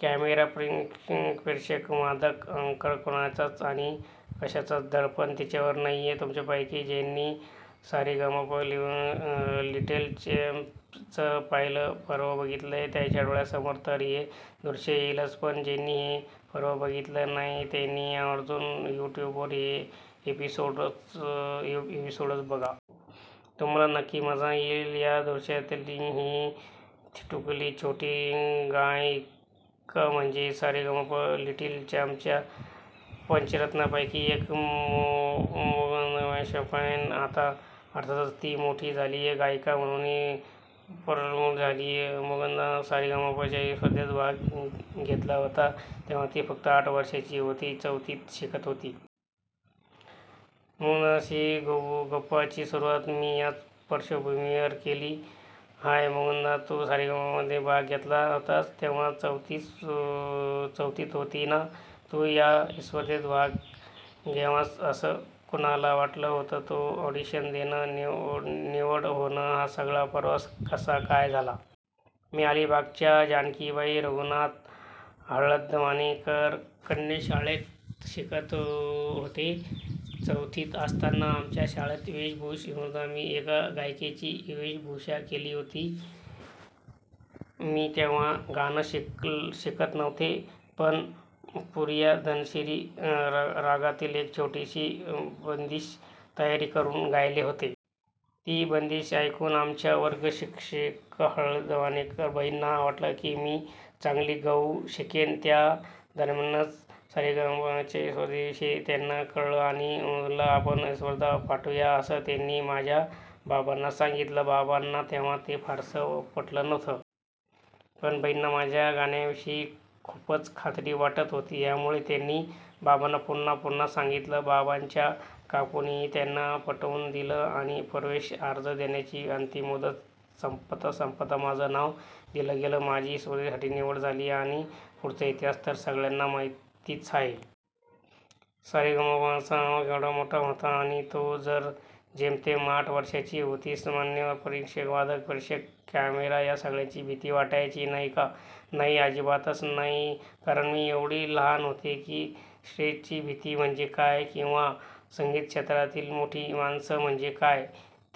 Camera, परीक्षक, प्रेक्षक, वादक, अँकर कुणाचंच आणि कशाचंच दडपण तिच्यावर नाहीये! तुमच्यापैकी ज्यांनी 'सारेगमप लिटिल चॅम्प्स'चं पहिलं पर्व बघितलंय, त्यांच्या डोळ्यांसमोर तर हे दृश्य येईलच, पण ज्यांनी हे पर्व बघितलं नाहीये त्यांनी आवर्जून यूट्यूबवर हे एपिसोड्स बघा. तुम्हांला नक्की मज्जा येईल! या दृश्यातली ही धिटुकली छोटी गायिका म्हणजे सारेगमप लिटिल चॅम्प्सच्या पंचरत्नांपैकी एक- मुग्धा वैशंपायन! आता अर्थातच ती मोठी झालीय, गायिका म्हणूनही प्रगल्भ झालीय. मुग्धा 'सारेगमप'च्या स्पर्धेत भाग घेतला होता तेव्हा ती फक्त आठ वर्षांची होती, चौथीत शिकत होती. मुग्धाशी गप्पांची सुरुवात मी याच पार्श्वभूमीवर केली. 'हाय मुग्धा! तू सारेगमपमध्ये भाग घेतला होतास तेव्हा चौथीत होतीस ना? तू या स्पर्धेत भाग घ्यावास असं कुणाला वाटलं होतं, तू ऑडिशन देणं, निवड होणं हा सगळा प्रवास कसा काय झाला?' मी अलिबागच्या जानकीबाई रघुनाथ हळदवणेकर कन्याशाळेत शिकत होते. चौथीत असताना आमच्या शाळेत वेशभूषा स्पर्धेत मी एका गायिकेची वेशभूषा केली होती. मी तेव्हा गाणं शिकत नव्हते, पण पूरिया धनश्री रागातली एक छोटीशी बंदिश तयारी करून गायले होते. ती बंदिश ऐकून आमच्या वर्गशिक्षिका हळदवणेकरबाईंना वाटलं की, मी चांगली गाऊ शकेन. त्या दरम्यानच सारेगमपच्या स्पर्धेविषयी त्यांना कळलं आणि मुग्धाला आपण स्पर्धेत पाठवूया असं त्यांनी माझ्या बाबांना सांगितलं. बाबांना तेव्हा ते फारसं पटलं नव्हतं. पण बाईंना माझ्या गाण्याविषयी खूपच खात्री वाटत होती, त्यामुळे त्यांनी बाबांना पुन्हा पुन्हा सांगितलं. बाबांच्या काकूनेही त्यांना पटवून दिलं आणि प्रवेश अर्ज देण्याची अंतिम मुदत संपता संपता माझं नाव दिलं गेलं. माझी स्पर्धेसाठी निवड झाली आणि पुढचा इतिहास तर सगळ्यांना माहितीच आहे! 'सारेगमपचा आवाका एवढा मोठा होता आणि तू तर जेमतेम आठ वर्षांची होतीस. मान्यवर परीक्षक, वादक, प्रेक्षक, कॅमेरा या सगळ्याची भीती वाटायची नाही का?' 'नाही. अजिबातच नाही. कारण मी एवढी लहान होते की, स्टेजची भीती म्हणजे काय किंवा संगीतक्षेत्रातली मोठी माणसं म्हणजे काय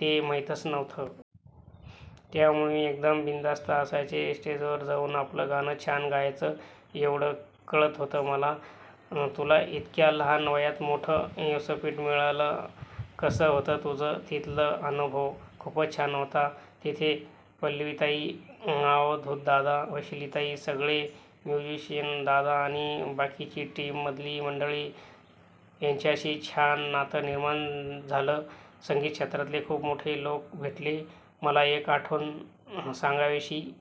ते माहीतच नव्हतं! त्यामुळे मी एकदम बिनधास्त असायचे. स्टेजवर जाऊन आपलं गाणं छान गायचं, एवढंच कळत होतं मला.' 'तुला इतक्या लहान वयात मोठं व्यासपीठ मिळालं. कसा होता तुझा तिथला अनुभव?' 'खूपच छान होता. तिथे पल्लवीताई, अवधूतदादा, वैशालीताई, सगळे म्युझिशिअन दादा आणि बाकीची टीममधली मंडळी यांच्याशी छान नातं निर्माण झालं. संगीतक्षेत्रातले खूप मोठे लोक भेटले. मला एक आठवण सांगावीशी